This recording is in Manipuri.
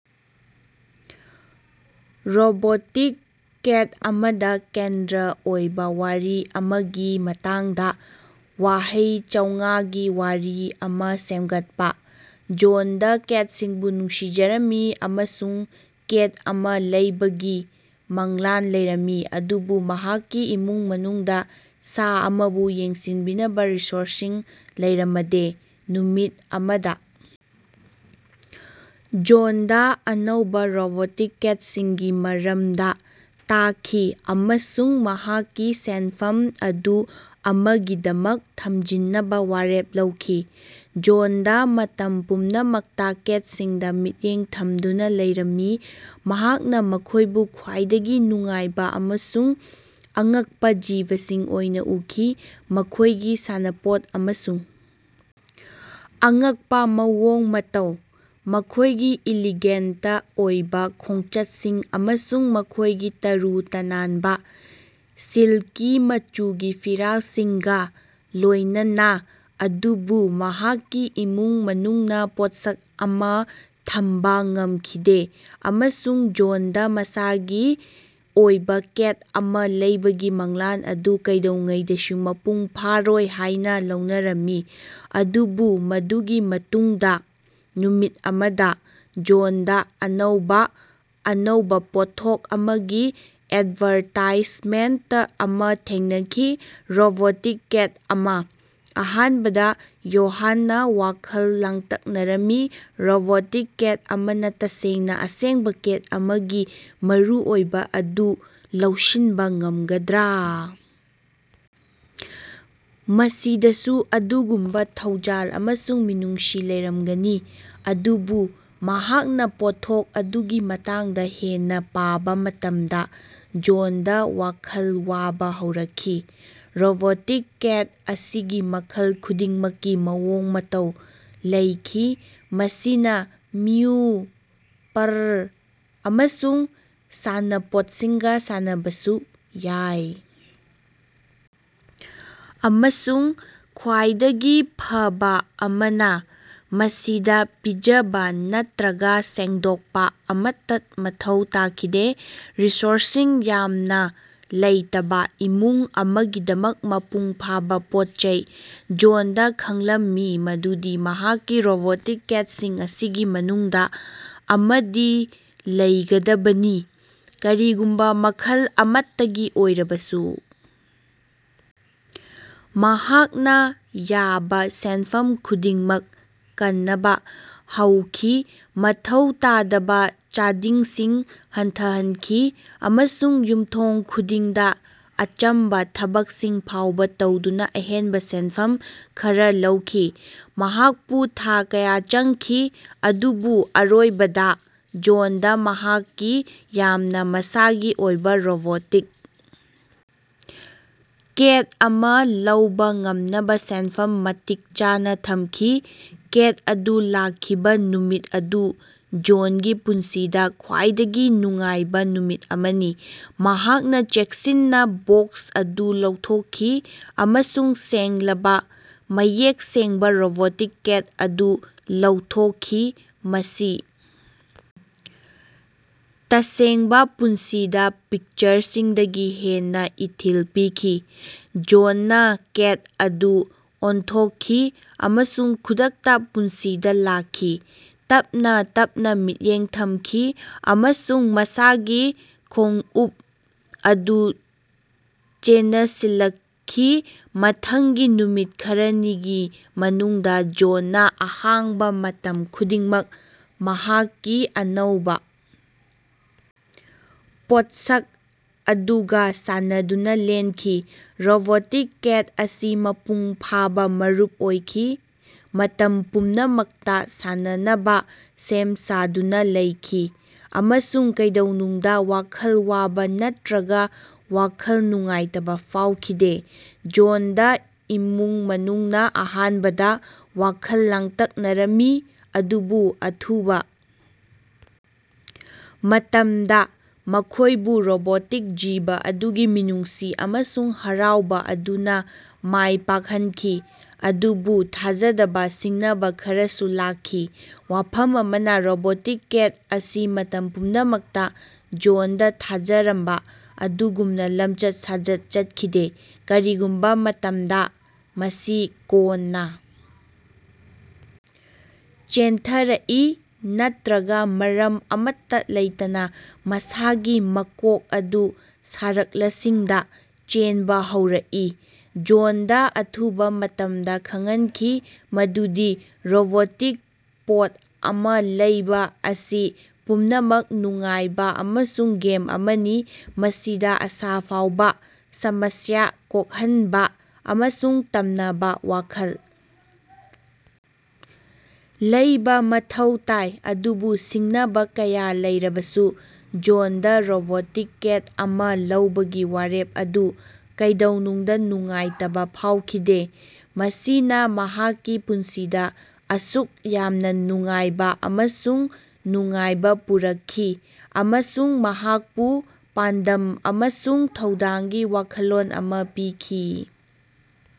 ꯔꯣꯕꯣꯇꯤꯛ ꯀꯦꯠ ꯑꯃꯗꯥ ꯀꯦꯟꯗ꯭ꯔ ꯑꯣꯏꯕꯥ ꯋꯥꯔꯤ ꯑꯃꯒꯤ ꯃꯇꯥꯡꯗꯥ ꯋꯥꯍꯩ ꯆꯧꯉꯥꯒꯤ ꯋꯥꯔꯤ ꯑꯃꯥ ꯁꯦꯝꯒꯠꯄꯥ꯫ ꯖꯣꯟꯗꯥ ꯀꯦꯠꯁꯤꯡꯕꯨ ꯅꯨꯡꯁꯤꯖꯔꯝꯃꯤ ꯑꯃꯁꯨꯡ ꯀꯦꯠ ꯑꯃꯥ ꯂꯩꯕꯒꯤ ꯃꯪꯂꯥꯟ ꯂꯩꯔꯝꯃꯤ ꯑꯗꯨꯕꯨ ꯃꯍꯥꯛꯀꯤ ꯏꯃꯨꯡ ꯃꯅꯨꯡꯗꯥ ꯁꯥ ꯑꯃꯕꯨ ꯌꯦꯡꯁꯤꯟꯕꯤꯅꯕꯥ ꯔꯤꯁꯣꯔꯁꯁꯤꯡ ꯂꯩꯔꯃꯗꯦ꯫ ꯅꯨꯃꯤꯠ ꯑꯃꯗꯥ ꯖꯣꯟꯗꯥ ꯑꯅꯧꯕꯥ ꯔꯣꯕꯣꯇꯤꯛ ꯀꯦꯠꯁꯤꯡꯒꯤ ꯃꯔꯝꯗꯥ ꯇꯥꯈꯤ ꯑꯃꯁꯨꯡ ꯃꯍꯥꯛꯀꯤ ꯁꯦꯟꯐꯝ ꯑꯗꯨ ꯑꯃꯒꯤꯗꯃꯛ ꯊꯝꯖꯤꯟꯅꯕꯥ ꯋꯥꯔꯦꯞ ꯂꯧꯈꯤ꯫ ꯖꯣꯟꯗꯥ ꯃꯇꯝ ꯄꯨꯝꯅꯃꯛꯇꯥ ꯀꯦꯠꯁꯤꯡꯗꯥ ꯃꯤꯠꯌꯦꯡ ꯊꯝꯗꯨꯅꯥ ꯂꯩꯔꯝꯃꯤ꯫ ꯃꯍꯥꯛꯅꯥ ꯃꯈꯣꯏꯕꯨ ꯈ꯭ꯋꯥꯏꯗꯒꯤ ꯅꯨꯡꯉꯥꯏꯕꯥ ꯑꯃꯁꯨꯡ ꯑꯉꯛꯄꯥ ꯖꯤꯕꯁꯤꯡ ꯑꯣꯏꯅꯥ ꯎꯈꯤ, ꯃꯈꯣꯏꯒꯤ ꯁꯥꯟꯅꯄꯣꯠ ꯑꯃꯁꯨꯡ ꯑꯉꯛꯄꯥ ꯃꯑꯣꯡ ꯃꯇꯧ, ꯃꯈꯣꯏꯒꯤ ꯏꯂꯤꯒꯦꯟꯇ ꯑꯣꯏꯕꯥ ꯈꯣꯡꯆꯠꯁꯤꯡ ꯑꯃꯁꯨꯡ ꯃꯈꯣꯏꯒꯤ ꯇꯔꯨ ꯇꯅꯥꯟꯕꯥ, ꯁꯤꯜꯀꯤ ꯃꯆꯨꯒꯤ ꯐꯤꯔꯥꯜꯁꯤꯡꯒꯥ ꯂꯣꯏꯅꯅꯥ꯫ ꯑꯗꯨꯕꯨ ꯃꯍꯥꯛꯀꯤ ꯏꯃꯨꯡ ꯃꯅꯨꯡꯅꯥ ꯄꯣꯠꯁꯛ ꯑꯃꯥ ꯊꯝꯕꯥ ꯉꯝꯈꯤꯗꯦ ꯑꯃꯁꯨꯡ ꯖꯣꯟꯗꯥ ꯃꯁꯥꯒꯤ ꯑꯣꯏꯕꯥ ꯀꯦꯠ ꯑꯃꯥ ꯂꯩꯕꯒꯤ ꯃꯪꯂꯥꯟ ꯑꯗꯨ ꯀꯩꯗꯧꯉꯩꯗꯁꯨ ꯃꯄꯨꯡ ꯐꯥꯔꯣꯏ ꯍꯥꯏꯅꯥ ꯂꯧꯅꯔꯝꯃꯤ꯫ ꯑꯗꯨꯕꯨ ꯃꯗꯨꯒꯤ ꯃꯇꯨꯡꯗꯥ, ꯅꯨꯃꯤꯠ ꯑꯃꯗꯥ, ꯖꯣꯟꯗꯥ ꯑꯅꯧꯕꯥ, ꯑꯅꯧꯕꯥ ꯄꯣꯠꯊꯣꯛ ꯑꯃꯒꯤ ꯑꯦꯗꯚꯥꯔꯇꯥꯏꯖꯃꯦꯟꯇ ꯑꯃꯥ ꯊꯦꯡꯅꯈꯤ – ꯔꯣꯕꯣꯇꯤꯛ ꯀꯦꯠ ꯑꯃꯥ꯫ ꯑꯍꯥꯟꯕꯗꯥ ꯌꯣꯍꯥꯟꯅꯥ ꯋꯥꯈꯜ ꯂꯥꯡꯇꯛꯅꯔꯝꯃꯤ꯫ ꯔꯣꯕꯣꯇꯤꯛ ꯀꯦꯠ ꯑꯃꯅꯥ ꯇꯁꯦꯡꯅꯥ ꯑꯁꯦꯡꯕꯥ ꯀꯦꯠ ꯑꯃꯒꯤ ꯃꯔꯨꯑꯣꯏꯕꯥ ꯑꯗꯨ ꯂꯧꯁꯤꯟꯕꯥ ꯉꯝꯒꯗ꯭ꯔꯥ? ꯃꯁꯤꯗꯥꯁꯨ ꯑꯗꯨꯒꯨꯝꯕꯥ ꯊꯧꯖꯥꯜ ꯑꯃꯁꯨꯡ ꯃꯤꯅꯨꯡꯁꯤ ꯂꯩꯔꯝꯒꯅꯤ? ꯑꯗꯨꯕꯨ ꯃꯍꯥꯛꯅꯥ ꯄꯣꯠꯊꯣꯛ ꯑꯗꯨꯒꯤ ꯃꯇꯥꯡꯗꯥ ꯍꯦꯟꯅꯥ ꯄꯥꯕꯥ ꯃꯇꯝꯗꯥ ꯖꯣꯟꯗꯥ ꯋꯥꯈꯜ ꯋꯥꯕꯥ ꯍꯧꯔꯛꯈꯤ꯫ ꯔꯣꯕꯣꯇꯤꯛ ꯀꯦꯠ ꯑꯁꯤꯒꯤ ꯃꯈꯜ ꯈꯨꯗꯤꯡꯃꯛꯀꯤ ꯃꯑꯣꯡ ꯃꯇꯧ ꯂꯩꯈꯤ ꯃꯁꯤꯅꯥ ꯃꯤꯎ, ꯄꯔꯔ, ꯑꯃꯁꯨꯡ ꯁꯥꯟꯅꯄꯣꯠꯁꯤꯡꯒꯥ ꯁꯥꯟꯅꯕꯁꯨ ꯌꯥꯏ꯫ ꯑꯃꯁꯨꯡ ꯈ꯭ꯋꯥꯏꯗꯒꯤ ꯐꯕꯥ ꯑꯃꯅꯥ, ꯃꯁꯤꯗꯥ ꯄꯤꯖꯕꯥ ꯅꯠꯇ꯭ꯔꯒꯥ ꯁꯦꯡꯗꯣꯛꯄꯥ ꯑꯃꯠꯇꯥ ꯃꯊꯧ ꯇꯥꯈꯤꯗꯦ ꯔꯤꯁꯣꯔꯁꯁꯤꯡ ꯌꯥꯝꯅꯥ ꯂꯩꯇꯕꯥ ꯏꯃꯨꯡ ꯑꯃꯒꯤꯗꯃꯛ ꯃꯄꯨꯡ ꯐꯥꯕꯥ ꯄꯣꯠꯆꯩ꯫ ꯖꯣꯟꯗꯥ ꯈꯪꯂꯝꯏ ꯃꯗꯨꯗꯤ ꯃꯍꯥꯛꯀꯤ ꯔꯣꯕꯣꯇꯤꯛ ꯀꯦꯠꯁꯤꯡ ꯑꯁꯤꯒꯤ ꯃꯅꯨꯡꯗꯥ ꯑꯃꯗꯤ ꯂꯩꯒꯗꯕꯅꯤ, ꯀꯔꯤꯒꯨꯝꯕꯥ ꯃꯈꯜ ꯑꯃꯠꯇꯒꯤ ꯑꯣꯏꯔꯕꯁꯨ꯫ ꯃꯍꯥꯛꯅꯥ ꯌꯥꯕꯥ ꯁꯦꯟꯐꯝ ꯈꯨꯗꯤꯡꯃꯛ ꯀꯟꯅꯕꯥ ꯍꯧꯈꯤ, ꯃꯊꯧ ꯇꯥꯗꯕꯥ ꯆꯥꯗꯤꯡꯁꯤꯡ ꯍꯟꯊꯍꯟꯈꯤ ꯑꯃꯁꯨꯡ ꯌꯨꯝꯊꯣꯡ ꯈꯨꯗꯤꯡꯗꯥ ꯑꯆꯝꯕꯥ ꯊꯕꯛꯁꯤꯡ ꯐꯥꯎꯕꯥ ꯇꯧꯗꯨꯅꯥ ꯑꯍꯦꯟꯕꯥ ꯁꯦꯟꯐꯝ ꯈꯔꯥ ꯂꯧꯈꯤ꯫ ꯃꯍꯥꯛꯄꯨ ꯊꯥ ꯀꯌꯥ ꯆꯪꯈꯤ, ꯑꯗꯨꯕꯨ ꯑꯔꯣꯏꯕꯗꯥ, ꯖꯣꯟꯗꯥ ꯃꯍꯥꯛꯀꯤ ꯌꯥꯝꯅꯥ ꯃꯁꯥꯒꯤ ꯑꯣꯏꯕꯥ ꯔꯣꯕꯣꯇꯤꯛ ꯀꯦꯠ ꯑꯃꯥ ꯂꯧꯕꯥ ꯉꯝꯅꯕꯥ ꯁꯦꯟꯐꯝ ꯃꯇꯤꯛ ꯆꯥꯅꯥ ꯊꯝꯈꯤ꯫ ꯀꯦꯠ ꯑꯗꯨ ꯂꯥꯛꯈꯤꯕꯥ ꯅꯨꯃꯤꯠ ꯑꯗꯨ ꯖꯣꯟꯒꯤ ꯄꯨꯟꯁꯤꯗꯥ ꯈ꯭ꯋꯥꯏꯗꯒꯤ ꯅꯨꯡꯉꯥꯏꯕꯥ ꯅꯨꯃꯤꯠ ꯑꯃꯅꯤ꯫ ꯃꯍꯥꯛꯅꯥ ꯆꯦꯛꯁꯤꯟꯅꯥ ꯕꯣꯛꯁ ꯑꯗꯨ ꯂꯧꯊꯣꯛꯈꯤ ꯑꯃꯁꯨꯡ ꯁꯦꯡꯂꯕꯥ, ꯃꯌꯦꯛ ꯁꯦꯡꯕꯥ ꯔꯣꯕꯣꯇꯤꯛ ꯀꯦꯠ ꯑꯗꯨ ꯂꯧꯊꯣꯛꯈꯤ꯫ ꯃꯁꯤ ꯇꯁꯦꯡꯕꯥ ꯄꯨꯟꯁꯤꯗꯥ ꯄꯤꯛꯆꯔꯁꯤꯡꯗꯒꯤ ꯍꯦꯟꯅꯥ ꯏꯊꯤꯜ ꯄꯤꯈꯤ꯫ ꯖꯣꯟꯅ ꯀꯦꯠ ꯑꯗꯨ ꯑꯣꯟꯊꯣꯛꯈꯤ ꯑꯃꯁꯨꯡ ꯈꯨꯗꯛꯇꯥ ꯄꯨꯟꯁꯤꯗꯥ ꯂꯥꯛꯈꯤ, ꯇꯞꯅꯥ ꯇꯞꯅꯥ ꯃꯤꯠꯌꯦꯡ ꯊꯝꯈꯤ ꯑꯃꯁꯨꯡ ꯃꯁꯥꯒꯤ ꯈꯣꯉꯎꯞ ꯑꯗꯨ ꯆꯦꯅꯁꯤꯜꯂꯛꯈꯤ꯫ ꯃꯊꯪꯒꯤ ꯅꯨꯃꯤꯠ ꯈꯔꯅꯤꯒꯤ ꯃꯅꯨꯡꯗꯥ ꯖꯣꯟꯅꯥ ꯑꯍꯥꯡꯕꯥ ꯃꯇꯝ ꯈꯨꯗꯤꯡꯃꯛ ꯃꯍꯥꯛꯀꯤ ꯑꯅꯧꯕꯥ ꯄꯣꯠꯁꯛ ꯑꯗꯨꯒꯥ ꯁꯥꯟꯅꯗꯨꯅꯥ ꯂꯦꯟꯈꯤ꯫ ꯔꯣꯕꯣꯇꯤꯛ ꯀꯦꯠ ꯑꯁꯤ ꯃꯄꯨꯡ ꯐꯥꯕꯥ ꯃꯔꯨꯞ ꯑꯣꯏꯈꯤ, ꯃꯇꯝ ꯄꯨꯝꯅꯃꯛꯇꯥ ꯁꯥꯟꯅꯅꯕꯥ ꯁꯦꯝ ꯁꯥꯗꯨꯅꯥ ꯂꯩꯈꯤ, ꯑꯃꯁꯨꯡ ꯀꯩꯗꯧꯅꯨꯡꯗꯥ ꯋꯥꯈꯜ ꯋꯥꯕꯥ ꯅꯠꯇ꯭ꯔꯒꯥ ꯋꯥꯈꯜ ꯅꯨꯡꯉꯥꯏꯇꯕꯥ ꯐꯥꯎꯈꯤꯗꯦ꯫ ꯖꯣꯟꯗꯥ ꯏꯃꯨꯡ ꯃꯅꯨꯡꯅꯥ ꯑꯍꯥꯟꯕꯗꯥ ꯋꯥꯈꯜ ꯂꯥꯡꯇꯛꯅꯔꯝꯃꯤ ꯑꯗꯨꯕꯨ ꯑꯊꯨꯕꯥ ꯃꯇꯝꯗꯥ ꯃꯈꯣꯏꯕꯨ ꯔꯣꯕꯣꯇꯤꯛ ꯖꯤꯕ ꯑꯗꯨꯒꯤ ꯃꯤꯅꯨꯡꯁꯤ ꯑꯃꯁꯨꯡ ꯍꯔꯥꯎꯕꯥ ꯑꯗꯨꯅꯥ ꯃꯥꯏ ꯄꯥꯛꯍꯟꯈꯤ꯫ ꯑꯗꯨꯕꯨ ꯊꯥꯖꯗꯕꯥ ꯁꯤꯡꯅꯕꯥ ꯈꯔꯁꯨ ꯂꯥꯛꯈꯤ꯫ ꯋꯥꯐꯝ ꯑꯃꯅꯥ ꯔꯣꯕꯣꯇꯤꯛ ꯀꯦꯠ ꯑꯁꯤ ꯃꯇꯝ ꯄꯨꯝꯅꯃꯛꯇꯥ ꯖꯣꯟꯗꯥ ꯊꯥꯖꯔꯝꯕꯥ ꯑꯗꯨꯒꯨꯝꯅꯥ ꯂꯝꯆꯠ ꯁꯥꯖꯠ ꯆꯠꯈꯤꯗꯦ꯫ ꯀꯔꯤꯒꯨꯝꯕꯥ ꯃꯇꯝꯗꯥ, ꯃꯁꯤ ꯀꯣꯟꯅꯥ ꯆꯦꯟꯊꯔꯛꯏ ꯅꯠꯇ꯭ꯔꯒꯥ ꯃꯔꯝ ꯑꯃꯠꯇꯥ ꯂꯩꯇꯅꯥ ꯃꯁꯥꯒꯤ ꯃꯀꯣꯛ ꯑꯗꯨ ꯁꯔꯛꯂꯁꯤꯡꯗꯥ ꯆꯦꯟꯕꯥ ꯍꯧꯔꯛꯏ꯫ ꯖꯣꯟꯗꯥ ꯑꯊꯨꯕꯥ ꯃꯇꯝꯗꯥ ꯈꯪꯍꯟꯈꯤ ꯃꯗꯨꯗꯤ ꯔꯣꯕꯣꯇꯤꯛ ꯄꯣꯠ ꯑꯃꯥ ꯂꯩꯕꯥ ꯑꯁꯤ ꯄꯨꯝꯅꯃꯛ ꯅꯨꯡꯉꯥꯏꯕꯥ ꯑꯃꯁꯨꯡ ꯒꯦꯝ ꯑꯃꯅꯤ ꯃꯁꯤꯗꯥ ꯑꯁꯥꯐꯧꯕꯥ, ꯁꯃꯁ꯭ꯌꯥ ꯀꯣꯛꯍꯟꯕꯥ ꯑꯃꯁꯨꯡ ꯇꯝꯅꯕꯥ ꯋꯥꯈꯜ ꯂꯩꯕꯥ ꯃꯊꯧ ꯇꯥꯏ꯫ ꯑꯗꯨꯕꯨ ꯁꯤꯡꯅꯕꯥ ꯀꯌꯥ ꯂꯩꯔꯕꯁꯨ ꯖꯣꯟꯗꯥ ꯔꯣꯕꯣꯇꯤꯛ ꯀꯦꯠ ꯑꯃꯥ ꯂꯧꯕꯒꯤ ꯋꯥꯔꯦꯞ ꯑꯗꯨ ꯀꯩꯗꯧꯅꯨꯡꯗꯥ ꯅꯨꯡꯉꯥꯏꯇꯕꯥ ꯐꯥꯎꯈꯤꯗꯦ꯫ ꯃꯁꯤꯅꯥ ꯃꯍꯥꯛꯀꯤ ꯄꯨꯟꯁꯤꯗꯥ ꯑꯁꯨꯛ ꯌꯥꯝꯅꯥ ꯅꯨꯡꯉꯥꯏꯕꯥ ꯑꯃꯁꯨꯡ ꯅꯨꯡꯉꯥꯏꯕꯥ ꯄꯨꯔꯛꯈꯤ ꯑꯃꯁꯨꯡ ꯃꯍꯥꯛꯄꯨ ꯄꯥꯟꯗꯝ ꯑꯃꯁꯨꯡ ꯊꯧꯗꯥꯡꯒꯤ ꯋꯥꯈꯜꯂꯣꯟ ꯑꯃꯥ ꯄꯤꯈꯤ꯫